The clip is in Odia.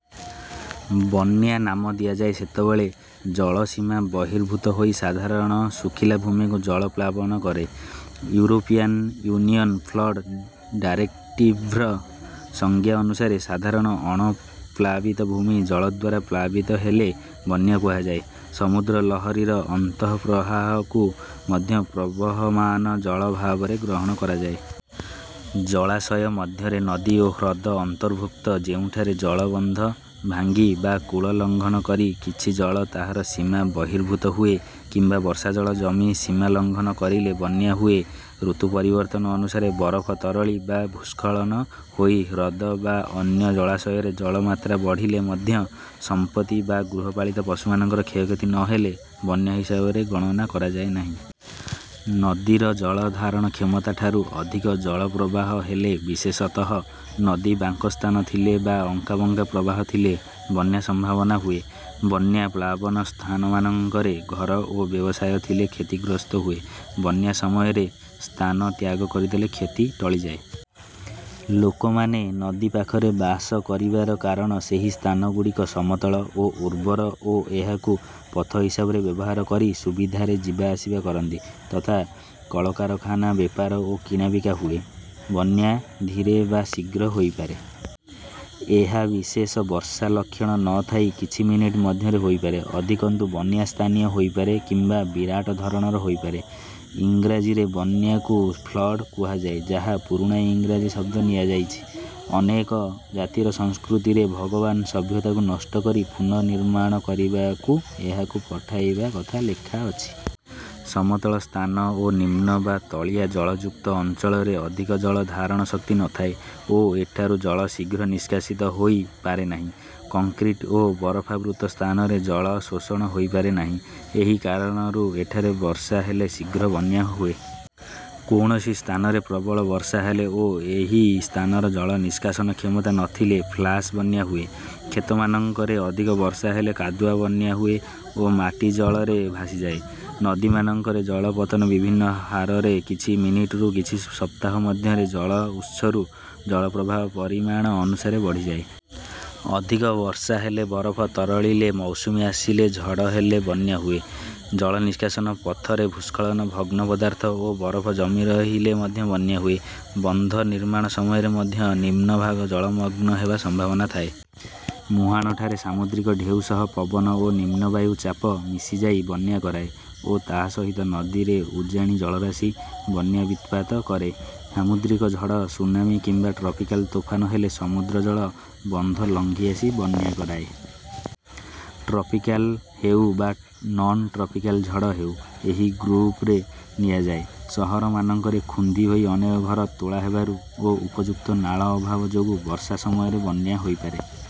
ବନ୍ୟା ନାମ ଦିଆଯାଏ ଯେତେବେଳେ ଜଳ ସୀମା ବହିର୍ଭୁତ ହୋଇ ସାଧାରଣ ଶୁଖିଲା ଭୂମିକୁ ଜଳ ପ୍ଲାବନ କରେ। ୟୁରୋପିଆନ୍ ୟୁନିଅନ୍ ଫ୍ଲଡ଼ ଡାରେକ୍ଟିଭ୍ର ସଂଜ୍ଞା ଅନୁସାରେ ସାଧାରଣ ଅଣପ୍ଳାବିତ ଭୂମି ଜଳଦ୍ୱାରା ପ୍ଲାବିତ ହେଲେ ବନ୍ୟା କୁହାଯାଏ। ସମୁଦ୍ର ଲହରୀର ଅନ୍ତଃପ୍ରହାହକୁ ମଧ୍ୟ ପ୍ରବହମାନ ଜଳ ଭାବରେ ଗ୍ରହଣ କରାଯାଏ। ଜଳାଶୟ ମଧ୍ୟରେ ନଦୀ ଓ ହ୍ରଦ ଅନ୍ତର୍ଭୁକ୍ତ ଯେଉଁଠାରେ ଜଳ ବନ୍ଧ ଭାଙ୍ଗି ବା କୂଳ ଲଙ୍ଘନ କରି କିଛି ଜଳ ତାହାର ସୀମା ବହିର୍ଭୁତ ହୁଏ କିମ୍ବା ବର୍ଷା ଜଳ ଜମି ସୀମା ଲଙ୍ଘନ କରିଲେ ବନ୍ୟା ହୁଏ। ଋତୁ ପରିବର୍ତ୍ତନ ଅନୁସାରେ ବରଫ ତରଳି ବା ଭୂସ୍ଖଳନ ହୋଇ ହ୍ରଦ ବା ଅନ୍ୟ ଜଳାଶୟର ଜଳ ମାତ୍ରା ବଢ଼ିଲେ ମଧ୍ୟ ସମ୍ପତ୍ତି ବା ଗୃହପାଳିତ ପଶୁମାନଙ୍କର କ୍ଷୟକ୍ଷତି ନ ହେଲେ ବନ୍ୟା ହିସାବରେ ଗଣନା କରାଯାଏ ନାହିଁ। ନଦୀର ଜଳ ଧାରଣ କ୍ଷମତାଠାରୁ ଅଧିକ ଜଳ ପ୍ରବାହ ହେଲେ ବିଶେଷତଃ ନଦୀ ବାଙ୍କ ସ୍ଥାନ ଥିଲେ ବା ଅଙ୍କାବଙ୍କା ପ୍ରବାହ ଥିଲେ ବନ୍ୟା ସମ୍ଭାବନା ହୁଏ। ବନ୍ୟା ପ୍ଳାବନ ସ୍ଥାନମାନଙ୍କରେ ଘର ଓ ବ୍ୟବସାୟ ଥିଲେ କ୍ଷତିଗ୍ରସ୍ତ ହୁଏ। ବନ୍ୟା ସମୟରେ ସ୍ଥାନ ତ୍ୟାଗ କରିଦେଲେ କ୍ଷତି ଟଳିଯାଏ। ଲୋକମାନେ ନଦୀ ପାଖରେ ବାସ କରିବାର କାରଣ ସେହି ସ୍ଥାନ ଗୁଡ଼ିକ ସମତଳ ଓ ଉର୍ବର ଓ ଏହାକୁ ପଥ ହିସାବରେ ବ୍ୟବହାର କରି ସୁବିଧାରେ ଯିବା ଆସିବା କରନ୍ତି ତଥା କଳକାରଖାନା ବେପାର ଓ କିଣାବିକା ହୁଏ। ବନ୍ୟା ଧୀରେ ବା ଶୀଘ୍ର ହୋଇପାରେ। ଏହା ବିଶେଷ ବର୍ଷା ଲକ୍ଷଣ ନ ଥାଇ କିଛି ମିନିଟ ମଧ୍ୟରେ ହୋଇପାରେ। ଅଧିକନ୍ତୁ ବନ୍ୟା ସ୍ଥାନୀୟ ହୋଇପାରେ କିମ୍ବା ବିରାଟ ଧରଣର ହୋଇପାରେ। ଇଂରାଜୀରେ ବନ୍ୟାକୁ ଫ୍ଲଡ଼୍ କୁହାଯାଏ ଯାହା ପୁରୁଣା ଇଂରାଜୀ ଶବ୍ଦ ନିଆଯାଇଛି. ଅନେକ ଜାତିର ସଂସ୍କୃତିରେ ଭଗବାନ ସଭ୍ୟତାକୁ ନଷ୍ଟ କରି ପୁନର୍ନିମାଣ କରିବାକୁ ଏହାକୁ ପଠାଇବା କଥା ଲେଖାଅଛି। ସମତଳ ସ୍ଥାନ ଓ ନିମ୍ନ ବା ତଳିଆ ଜଳଯୁକ୍ତ ଅଞ୍ଚଳର ଅଧିକ ଜଳ ଧାରଣ ଶକ୍ତି ନ ଥାଏ ଓ ଏଠାରୁ ଜଳ ଶୀଘ୍ର ନିଷ୍କାସିତ ହୋଇ ପାରେନାହିଁ। କଙ୍କ୍ରିଟ୍ ଓ ବରଫାବୃତ ସ୍ଥାନରେ ଜଳ ଶୋଷଣ ହୋଇପାରେ ନାହିଁ। ଏହି କାରଣରୁ ଏଠାରେ ବର୍ଷା ହେଲେ ଶିଘ୍ର ବନ୍ୟା ହୁଏ। କୌଣସି ସ୍ଥାନରେ ପ୍ରବଳ ବର୍ଷା ହେଲେ ଓ ଏହି ସ୍ଥାନର ଜଳ ନିଷ୍କାସନ କ୍ଷମତା ନ ଥିଲେ ଫ୍ଲାସ ବନ୍ୟା ହୁଏ। କ୍ଷେତମାନଙ୍କରେ ଅଧିକ ବର୍ଷା ହେଲେ କାଦୁଆ ବନ୍ୟା ହୁଏ ଓ ମାଟି ଜଳରେ ଭାଷିଯାଏ। ନଦୀମାନଙ୍କରେ ଜଳ ପତନ ବିଭିନ୍ନ ହାରରେ କିଛି ମିନିଟରୁ କିଛି ସପ୍ତାହ ମଧ୍ୟରେ ଜଳ ଉତ୍ସରୁ ଜଳ ପ୍ରବାହ ପରିମାଣ ଅନୁସାରେ ବଢ଼ିଯାଏ। ଅଧିକ ବର୍ଷା ହେଲେ ବରଫ ତରଳିଲେ ମୌସୁମୀ ଆସିଲେ ଝଡ଼ ହେଲେ ବନ୍ୟା ହୁଏ। ଜଳ ନିଷ୍କାସନ ପଥରେ ଭୂସ୍ଖଳନ ଭଗ୍ନ ପଦାର୍ଥ ଓ ବରଫ ଜମି ରହିଲେ ମଧ୍ୟ ବନ୍ୟା ହୁଏ। ବନ୍ଧ ନିର୍ମାଣ ସମୟରେ ମଧ୍ୟ ନିମ୍ନ ଭାଗ ଜଳମଗ୍ନ ହେବା ସମ୍ଭାବନା ଥାଏ। ମୁହାଁଣଠାରେ ସାମୁଦ୍ରିକ ଢେଉ ସହ ପବନ ଓ ନିମ୍ନ ବାୟୁ ଚାପ ମିଶିଯାଇ ବନ୍ୟା କରାଏ ଓ ତାହା ସହିତ ନଦୀରେ ଉଜାଣି ଜଳରାଶି ବନ୍ୟା ବିତ୍ପାତ କରେ। ସାମୁଦ୍ରିକ ଝଡ଼ ସୁନାମି କିମ୍ବା ଟ୍ରପିକାଲ ତୋଫାନ ହେଲେ ସମୁଦ୍ର ଜଳ ବନ୍ଧ ଲଙ୍ଘି ଆସି ବନ୍ୟା କରାଏ। ଟ୍ରପିକାଲ ହେଉ ବା ନନ୍ ଟ୍ରପିକାଲ ଝଡ଼ ହେଉ ଏହି ଗୃପରେ ନିଆଯାଏ। ଶହରମାନଙ୍କରେ ଖୁନ୍ଦି ହୋଇ ଅନେକ ଘର ତୋଳାହେବାରୁ ଓ ଉପଯୁକ୍ତ ନାଳ ଅଭାବ ଯୋଗୁ ବର୍ଷା ସମୟରେ ବନ୍ୟା ହୋଇପାରେ।